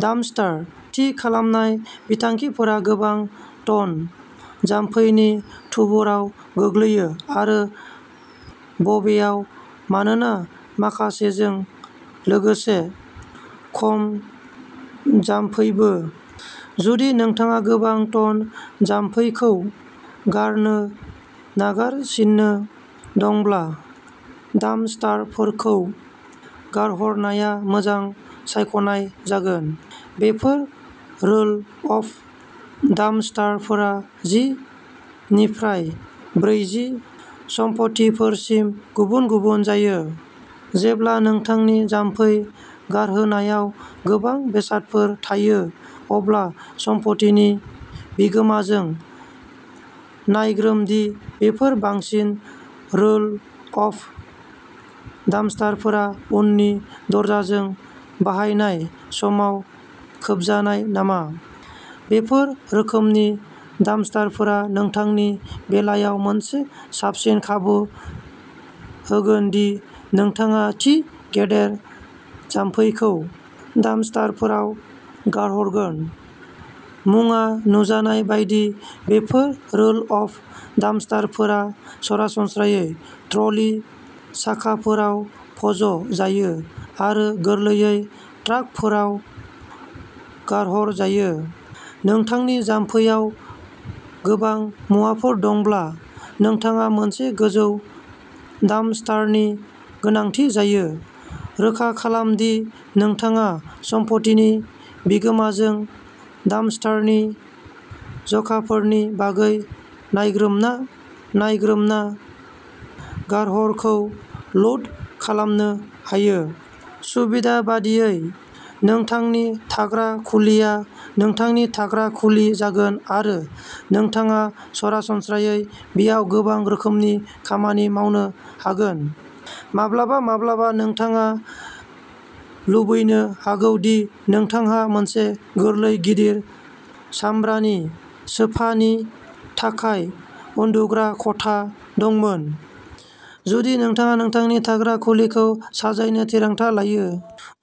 Dumpster, थि खालामनाय बिथांखिफोरा गोबां टन जामफैनि थुबुरआव गोग्लैयो आरो बबेयाव मानोना माखासेजों लोगोसे खम जामफैबो। जुदि नोंथाङा गोबां टन जामफैखौ गारनो नागिरगासिनो दंब्ला डाम्पस्टारफोरखौ गारहरनाया मोजां सायख'नाय जागोन। बेफोर रोल अफ डाम्पस्टारफोरा जि निफ्राय ब्रैजि सम्पथिफोरसिम गुबुन-गुबुन जायो। जेब्ला नोंथांनि जामफै गारहोनायाव गोबां बेसादफोर थायो, अब्ला सम्पथिनि बिगोमाजों नायग्रोम दि बेफोर बांसिन रोल अफ डाम्पस्टारफोरा उननि दरजाखौ बाहायनाय समाव खोबजानाय नामा। बेफोर रोखोमनि डाम्पस्टारफोरा नोंथांनि बेलायाव मोनसे साबसिन खाबु होगोन दि नोंथाङा थि गेदेर जामफैखौ डाम्पस्टारफोराव गारहरगोन। मुंआ नुजानाय बायदि, बेफोर रोल अफ डाम्पस्टारफोरा सरासनस्रायै ट्र'लि साखाफोराव फज' जायो आरो गोरलैयै ट्राकफोराव गारहरजायो। नोंथांनि जामफैआव गोबां मुवाफोर दंब्ला नोंथाङा मोनसे गोजौ डाम्पस्टारनि गोनांथि जायो। रोखा खालाम दि नोंथाङा सम्पथिनि बिगोमाजों डाम्पस्टारनि जखाफोरनि बागै नायग्रोमना नायग्रोमना गारहरखौ ल'ड खालामनो हायो। सुबिदा बायदियै। नोंथांनि थाग्रा खुलिफोरा नोंथांनि थाग्रा खुलि जागोन आरो नोंथाङा सरासनस्रायै बेयाव गोबां रोखोमनि खामानि मावनो हागोन। माब्लाबा माब्लाबा नोंथाङा लुबैनो हागौ दि नोंथांहा मोनसे गोरलै गिदिर सामब्रानि सोफानि थाखाय उन्दुग्रा खथा दंमोन। जुदि नोंथाङा नोंथांनि थाग्रा खुलिखौ साजायनो थिरांथा लायो,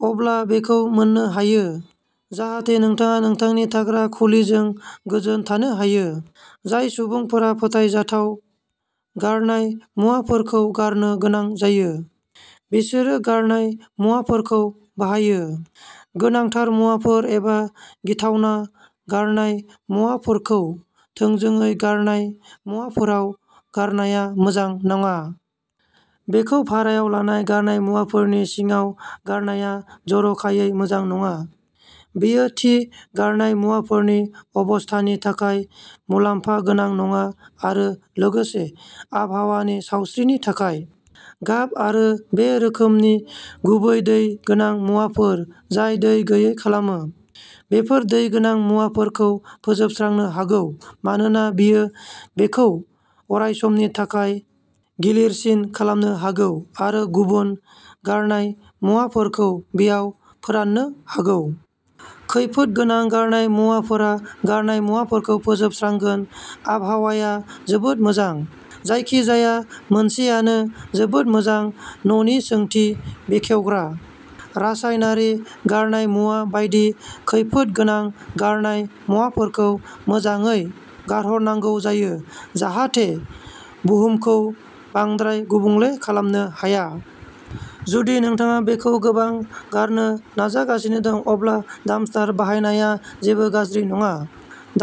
अब्ला बेखौ मोननो हायो जाहाथे नोंथाङा नोंथांनि थाग्रा खुलिजों गोजोन थानो हायो। जाय सुबुंफोरा फोथायजाथाव गारनाय मुवाफोरखौ गारनो गोनां जायो, बिसोरो गारनाय मुवाफोरखौ बाहायो। गोनांथार मुवाफोर एबा गिथावना गारनाय मुवाफोरखौ थोंजोङै गारनाय मुवाफोराव गारनाया मोजां नङा। बेखौ भारायाव लानाय गारनाय मुवाफोरनि सिङाव गारनाया जर'खायै मोजां नङा। बेयो थि गारनाय मुवाफोरनि अबस्थानि थाखाय मुलाम्फा गोनां नङा आरो लोगोसे, आबहावानि सावस्रिनि थाखाय। गाब आरो बे रोखोमनि गुबुन दै गोनां मुवाफोर जाय दै गैयै खालामो, बेफोर दै गोनां मुवाफोरखौ फोजोबस्रांनो हागौ मानोना बेयो बेखौ अरायसमनि थाखाय गिलिरसिन खालामनो हागौ आरो गुबुन गारनाय मुवाफोरखौ बेयाव फोराननो हागौ। खैफोद गोनां गारनाय मुवाफोरा गारनाय मुवाफोरखौ फोजोबस्रांगोन। आबहावाया जोबोद मोजां। जायखिजाया मोनसेआनो जोबोद मोजां न'नि ओंथि बेखेवग्रा। रासायनारि गारनाय मुवा बायदि खैफोद गोनां गारनाय मुवाफोरखौ मोजाङै गारहरनांगौ जायो, जाहाथे बुहुमखौ बांद्राय गुबुंले खालामनो हाया। जुदि नोंथाङा बेखौ गोबां गारनो नाजागासिनो दं, अब्ला डाम्पस्टार बाहायनाया जेबो गाज्रि नङा।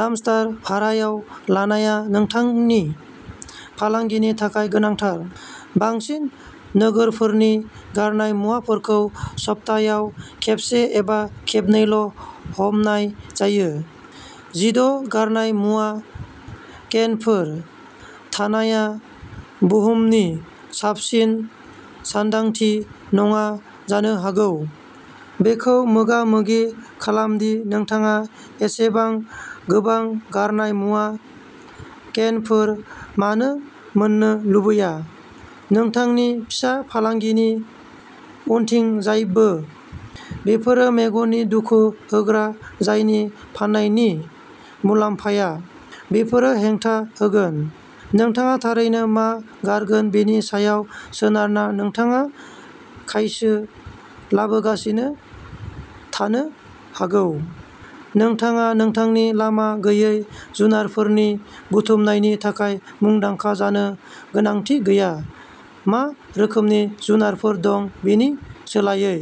डाम्पस्टार भारायाव लानाया नोंथांनि फालांगिनि थाखाय गोनांथार। बांसिन नोगोरफोरनि गारनाय मुवाफोरखौ सप्तायाव खेबसे एबा खेबनैल'हमनाय जायो। जिद' गारनाय मुवा केनफोर थानाया बुहुमनि साबसिन सानदांथि नङा जानो हागौ। बेखौ मोगामोगि खालाम दि नोंथाङा एसेबां गोबां गारनाय मुवा केनफोर मानो मोन्नो लुबैया, नोंथांनि फिसा फालांगिनि उनथिंजायबो। बेफोरो मेगननि दुखु जाहोग्रा जायनि फाननायनि मुलाम्फाया। बेफोरो हेंथा होगोन। नोंथाङा थारैनो मा गारगोन बेनि सायाव सोनारना नोंथाङा खायसो लाबोगासिनो थानो हागौ। नोंथाङा नोंथांनि लामा गैयै जुनारफोरनि बुथुमनायनि थाखाय मुंदांखा जानो गोनांथि गैया, मा रोखोमनि जुनारफोर दं बेनि सोलायै।